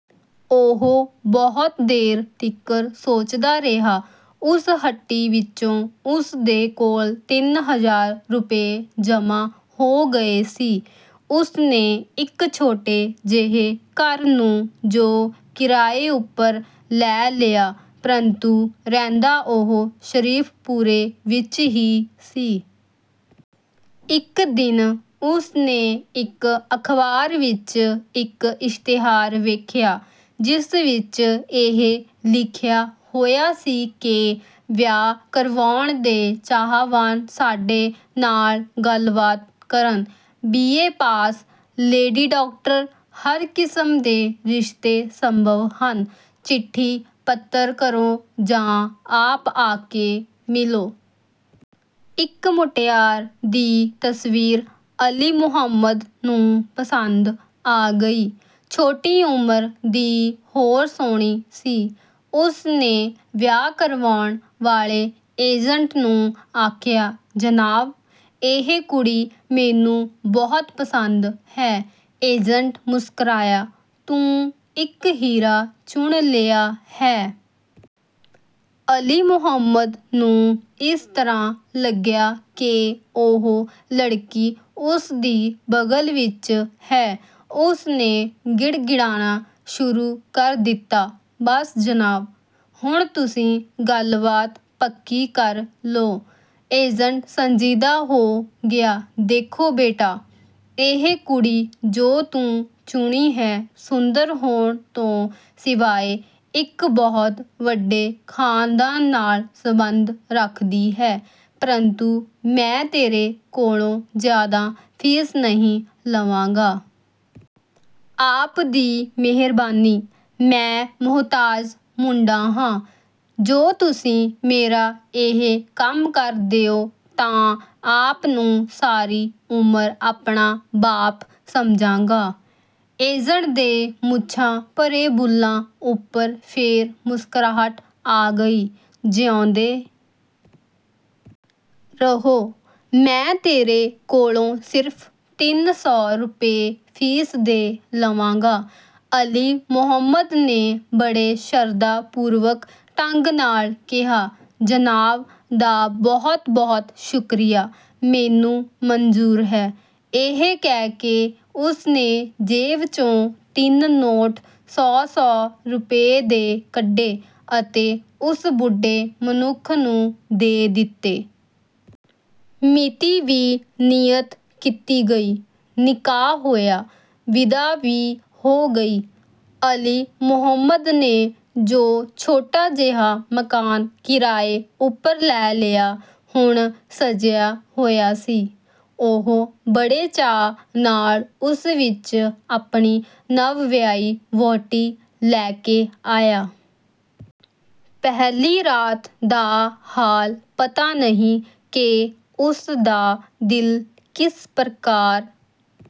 ਉਹ ਬਹੁਤ ਦੇਰ ਤੀਕਰ ਸੋਚਦਾ ਰਿਹਾ। ਉਸ ਹੱਟੀ ਵਿਚੋਂ ਉਸ ਦੇ ਕੋਲ ਤਿੰਨ ਹਜ਼ਾਰ ਰੁਪਏ ਜਮ੍ਹਾਂ ਹੋ ਗਏ ਸੀ। ਉਸ ਨੇ ਇਕ ਛੋਟੇ ਜਿਹੇ ਘਰ ਨੂੰ ਜੋ ਕਿਰਾਏ ਉਪਰ ਲੈ ਲਿਆ, ਪਰੰਤੂ ਰਹਿੰਦਾ ਉਹ ਸ਼ਰੀਫ਼ਪੁਰੇ ਵਿੱਚ ਹੀ ਸੀ। ਇਕ ਦਿਨ ਉਸ ਨੇ ਇਕ ਅਖ਼ਬਾਰ ਵਿੱਚ ਇੱਕ ਇਸ਼ਤਿਹਾਰ ਵੇਖਿਆ ਜਿਸ ਵਿੱਚ ਇਹ ਲਿਖਿਆ ਹੋਇਆ ਸੀ ਕਿ ਵਿਆਹ ਕਰਵਾਉਣ ਦੇ ਚਾਹਵਾਨ ਸਾਡੇ ਨਾਲ ਗੱਲਬਾਤ ਕਰਨ। B. A. Pass, lady doctor, ਹਰ ਕਿਸਮ ਦੇ ਰਿਸ਼ਤੇ ਸੰਭਵ ਹਨ, ਚਿੱਠੀ-ਪੱਤਰ ਕਰੋ ਜਾਂ ਆਪ ਆ ਕੇ ਮਿਲੋ। ਇਕ ਮੁਟਿਆਰ ਦੀ ਤਸਵੀਰ ਅਲੀ ਮੁਹੰਮਦ ਨੂੰ ਪਸੰਦ ਆ ਗਈ। ਛੋਟੀ ਉਮਰ ਦੀ ਹੋਰ ਸੋਹਣੀ ਸੀ। ਉਸ ਨੇ ਵਿਆਹ ਕਰਵਾਉਣ ਵਾਲੇ ਏਜੰਟ ਨੂੰ ਆਖਿਆ: ''ਜਨਾਬ! ਇਹ ਕੁੜੀ ਮੈਨੂੰ ਬਹੁਤ ਪਸੰਦ ਹੈ। '' ਏਜੰਟ ਮੁਸਕਰਾਇਆ,''ਤੂੰ ਇੱਕ ਹੀਰਾ ਚੁਣ ਲਿਆ ਹੈ।'' ਅਲੀ ਮੁਹੰਮਦ ਨੂੰ ਇਸ ਤਰ੍ਹਾਂ ਲਗਿਆ ਕਿ ਉਹ ਲੜਕੀ ਉਸ ਦੀ ਬਗਲ ਵਿੱਚ ਹੈ। ਉਸ ਨੇ ਗਿੜਗਿੜਾਨਾ ਸ਼ੁਰੂ ਕਰ ਦਿੱਤਾ,''ਬਸ ਜਨਾਬ। ਹੁਣ ਤੁਸੀਂਂ ਗੱਲਬਾਤ ਪੱਕੀ ਕਰ ਲਓ। ''ਏਜੰਟ ਸੰਜੀਦਾ ਹੋ ਗਿਆ,''ਦੇਖੋ ਬੇਟਾ। ਇਹ ਕੁੜੀ ਜੋ ਤੂੰ ਚੁਣੀ ਹੈ, ਸੁੰਦਰ ਹੋਣ ਤੋਂ ਸਿਵਾਇ ਇਕ ਬਹੁਤ ਵਡੇ ਖਾਨਦਾਨ ਨਾਲ ਸੰਬੰਧ ਰੱਖਦੀ ਹੈ, ਪਰੰਤੂ ਮੈਂ ਤੇਰੇ ਕੋਲੋਂ ਜ਼ਿਆਦਾ ਫ਼ੀਸ ਨਹੀਂ ਲਵਾਂਗਾ। '' ''ਆਪ ਦੀ ਮਿਹਰਬਾਨੀ। ਮੈਂ ਮੁਹਤਾਜ ਮੁੰਡਾ ਹਾਂ। ਜੋ ਤੁਸੀਂ ਮੇਰਾ ਇਹ ਕੰਮ ਕਰ ਦਿਓ ਤਾਂ ਆਪ ਨੂੰ ਸਾਰੀ ਉਮਰ ਆਪਣਾ ਬਾਪ ਸਮਝਾਂਗਾ। '' ਏਜੰਟ ਦੇ ਮੁੱਛਾਂ ਭਰੇ ਬੁੱਲ੍ਹਾਂ ਉੱਪਰ ਫੇਰ ਮੁਸਕਰਾਹਟ ਆ ਗਈ।,''ਜਿਉਂਦੇ ਰਹੋ, ਮੈਂ ਤੇਰੇ ਕੋਲੋਂ ਸਿਰਫ਼ ਤਿੰਨ ਸੌ ਰੁਪਏ ਫ਼ੀਸ ਦੇ ਲਵਾਂਗਾ। '' ਅਲੀ ਮੁਹੰਮਦ ਨੇ ਬੜੇ ਸ਼ਰਧਾ ਪੂਰਵਕ ਢੰਗ ਨਾਲ ਕਿਹਾ;'ਜਨਾਬ ਦਾ ਬਹੁਤ ਬਹੁਤ ਸ਼ੁਕਰੀਆ, ਮੈਨੂੰ ਮਨਜ਼ੂਰ ਹੈ। '' ਇਹ ਕਹਿ ਕੇ ਉਸ ਨੇ ਜੇਬ 'ਚੋਂ ਤਿੰਨ ਨੋਟ ਸੌ ਸੌ ਰੁਪਏ ਦੇ ਕੱਢੇ ਅਤੇ ਉਸ ਬੁੱਢੇ ਮਨੁੱਖ ਨੂੰ ਦੇ ਦਿੱਤੇ। ਮਿਤੀ ਵੀ ਨੀਯਤ ਕੀਤੀ ਗਈ, ਨਿਕਾਹ ਹੋਇਆ, ਵਿਦਾ ਵੀ ਹੋ ਗਈ। ਅਲੀ ਮੁਹੰਮਦ ਨੇ ਜੋ ਛੋਟਾ ਜਿਹਾ ਮਕਾਨ ਕਿਰਾਏ ਉੱਪਰ ਲੈ ਲਿਆ, ਹੁਣ ਸਜਿਆ ਹੋਇਆ ਸੀ। ਉਹ ਬੜੇ ਚਾਅ ਨਾਲ ਉਸ ਵਿੱਚ ਆਪਣੀ ਨਵ-ਵਿਆਹੀ ਵਹੁਟੀ ਲੈ ਕੇ ਆਇਆ। ਪਹਿਲੀ ਰਾਤ ਦਾ ਹਾਲ ਪਤਾ ਨਹੀਂ ਕਿ ਉਸ ਦਾ ਦਿਲ ਕਿਸ ਪ੍ਰਕਾਰ